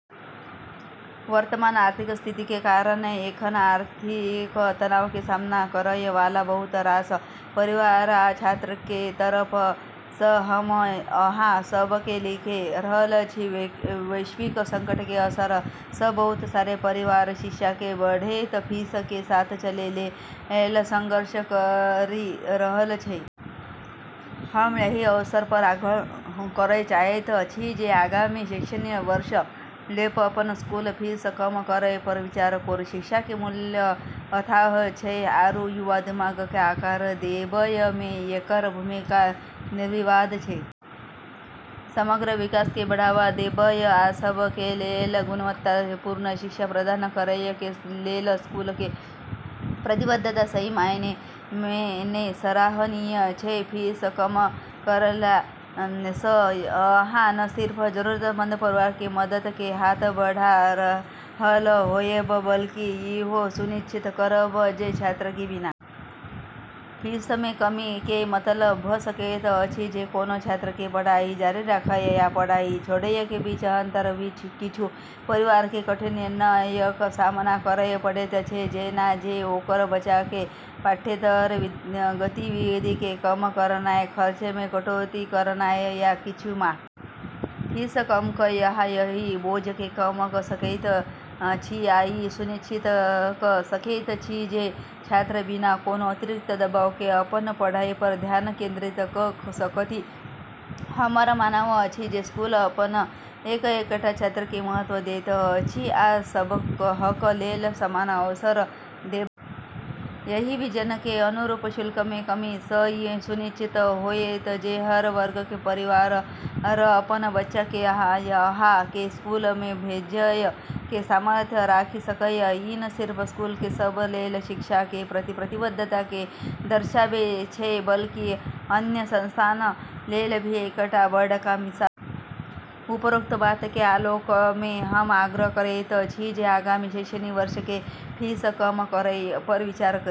वर्तमान आर्थिक स्थिति के कारण एखन आर्थिक तनाव के सामना करय वाला बहुत रास परिवार आ छात्र के तरफ सँ हम अहाँ सब के लिखि रहल छी। वैश्विक संकट के असर सँ बहुत सारा परिवार शिक्षा के बढ़ैत फीस के साथ चलै लेल संघर्ष करि रहल छै। हम एहि अवसर पर आग्रह करय चाहैत छी जे आगामी शैक्षणिक वर्ष लेल अपन स्कूल फीस कम करय पर विचार करू। शिक्षा के मूल्य अथाह छै आरू युवा दिमाग के आकार देबय मे एकर भूमिका निर्विवाद छै। समग्र विकास के बढ़ावा देबय आ सब के लेल गुणवत्तापूर्ण शिक्षा प्रदान करय के लेल स्कूल के प्रतिबद्धता सही मायने मे सराहनीय छै। फीस कम करला सँ अहाँ न सिर्फ जरूरतमंद परिवार के मदद के हाथ बढ़ा रहल होएब बल्कि इहो सुनिश्चित करब जे छात्र के बिना कोनो बाधा के पढ़ाई जारी राखय के मौका मिलय। फीस मे कमी के मतलब भ सकैत अछि जे कोनो छात्र के पढ़ाई जारी राखय या पढ़ाई छोड़य के बीच अंतर। किछु परिवार के कठिन निर्णयक सामना करय पड़ैत छै, जेना जे ओकर बच्चा के पाठ्येतर गतिविधि के कम करनाय, खर्च मे कटौती करनाय या किछु मामला मे स्कूल बदलनाय। फीस कम कय अहाँ एहि बोझ के कम क सकैत छी आ इ सुनिश्चित क सकैत छी जे छात्र बिना कोनो अतिरिक्त दबाव के अपन पढ़ाई पर ध्यान केंद्रित क सकथि। हमर मानब अछि जे स्कूल अपन एक-एकटा छात्र के महत्व दैत अछि आ सबहक लेल समान अवसर देबाक लक्ष्य राखैत अछि। एहि विजन के अनुरूप शुल्क मे कमी सँ ई सुनिश्चित होएत जे हर वर्ग के परिवार अपन बच्चा के अहाँ के स्कूल मे भेजय के सामर्थ्य राखि सकय। ई न सिर्फ स्कूल के सब लेल शिक्षा के प्रति प्रतिबद्धता के दर्शाबै छै बल्कि अन्य संस्थान लेल भी एकटा बडका मिसाल पेश करै छै। उपरोक्त बात के आलोक मे हम आग्रह करैत छी जे आगामी शैक्षणिक वर्ष के फीस कम करय पर विचार करी।